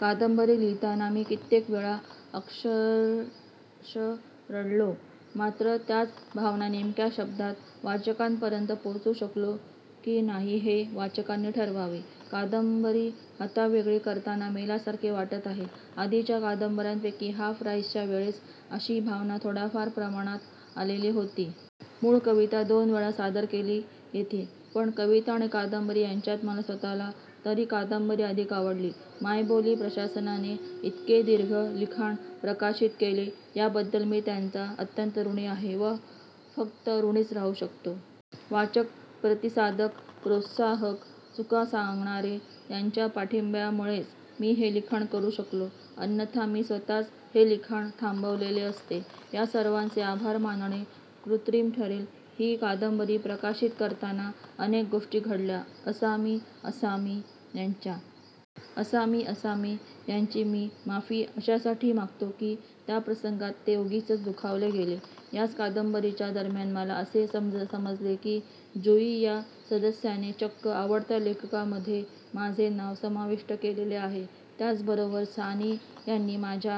कादंबरी लिहीताना मी कित्येक वेळा अक्षरश रडलो. मात्र त्याच भावना नेमक्या शब्दात वाचकांपर्यंत पोहोचवू शकलो की नाही हे वाचकांनी ठरवावे. कादंबरी हातावेगळी करताना मेल्यासारखे वाटत आहे. आधीच्या कादंबर्यांपैकी हाफ राईसच्या वेळेस अशी भावना थोड्याफार प्रमाणात आलेली होती. मूळ कविता दोन वेळा सादर केली येथे! पण कविता आणि कादंबरी यांच्यात मला स्वतःला तरी कादंबरी अधिक आवडली. मायबोली प्रशासनाने इतके दीर्घ लिखाण प्रकाशित केले याबद्दल मी त्यांचा अत्यंत ऋणी आहे व फक्त ॠणीच राहू शकतो. वाचक, प्रतिसादक, प्रोत्साहक, चुका सांगणारे यांच्या पाठिंब्यामुळेच मी हे लिखाण करू शकलो. अन्यथा मी स्वतःच हे लिखाण थांबवलेले असते. या सर्वांचे आभार मानणे कृत्रिम ठरेल. ही कादंबरी प्रकाशित करताना अनेक गोष्टी घडल्या. असामी असामी यांच्याशी झलेल्या वादामुळे मी लिखाण थांबवले. असामी असामी यांची मी माफी अशासाठी मागतो की त्या प्रसंगात ते उगीचच दुखावले गेले. याच कादंबरीच्या दरम्यान मला असे समजले की जुयी या सदस्याने चक्क आवडत्या लेखकांमधे माझे नाव समाविष्ट केलेले आहे. त्याच बरोबर सानी यांनी माझ्यावर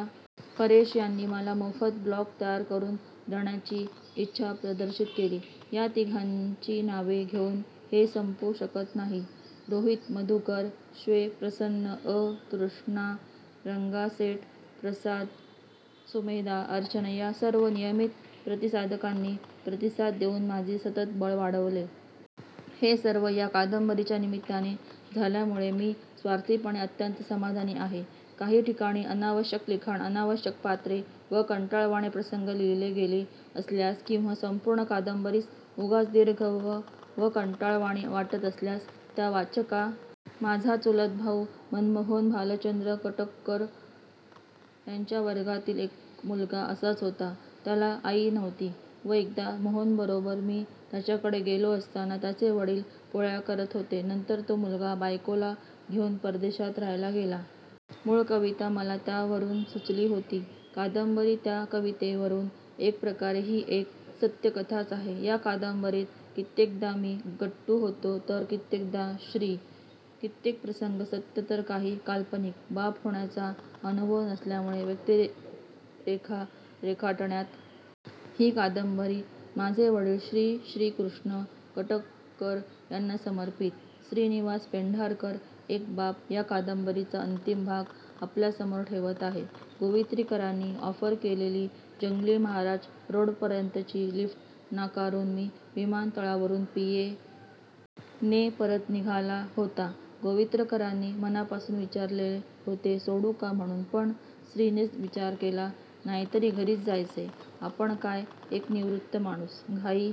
एक व मानेकाकांवर एक अशा दोन कविता रचल्या. परेश यांनी मला मोफत ब्लॉग तयार करून देण्याची इच्छा प्रदर्शित केली. या तिघांची नावे घेऊन हे संपू शकत नाही. रोहित, मधुकर, श्वे, प्रसन्न अ, तृष्णा, रंगासेठ, प्रसाद, सुमेधा, अर्चना या सर्व नियमीत प्रतिसादकांनी प्रतिसाद देऊन माझे सतत बळ वाढवले. हे सर्व या कादंबरीच्या निमित्ताने झाल्यामुळे मी स्वार्थीपणे अत्यंत समाधानी आहे. काही ठिकाणी अनावश्यक लिखाण, अनावश्यक पात्रे व कंटाळवाणे प्रसंग लिहिले गेले असल्यास किंवा संपूर्ण कादंबरीच उगाच दीर्घ व कंटाळवाणी वाटत असल्यास त्या वाचकांसमोर मी दिलगीर आहे. माझा चुलत भाऊ मनमोहन भालचंद्र कटककर याच्या वर्गातील एक मुलगा असाच होता. त्याला आई नव्हती व एकदा मोहनबरोबर मी त्याच्याकडे गेलेलो असताना त्याचे वडील पोळ्या करत होते. नंतर तो मुलगा बायकोला घेऊन परदेशात राहायला गेला. मुळ कविता मला त्यवरून सुचली होती. कादंबरी त्या कवितेवरून! एक प्रकारे ही एक सत्य कथाच आहे. या कादंबरीत कित्येकदा मी गट्टू होतो तर कित्येकदा श्री! कित्येक प्रसंग सत्य तर काही काल्पनिक! बाप होण्याचा अनुभव नसल्यामुळे व्यक्तीरेखा रेखाटण्यात काही त्रुटी पडल्या असतील तर उदार मनाने माफ करावेत अशी विनंती! ही कादंबरी माझे वडील श्री. श्रीकृष्ण कटककर यांना समर्पीत! श्रीनिवास पेंढारकर एक बाप या कादंबरीचा अंतीम भाग आपल्यासमोर ठेवत आहे. गोवित्रीकरांनी ऑफर केलेली जंगली महाराज रोडपर्यंतची लिफ्ट नाकारून श्री विमानतळावरून पी. एम. टी. ने परत निघाला होता. गोवित्रीकरांनी मनापासून विचारले होते सोडू का म्हणून पण श्रीनेच विचार केला. नाहीतरी घरीच जायचंय! आपण काय? एक निवृत्त माणूस! घाई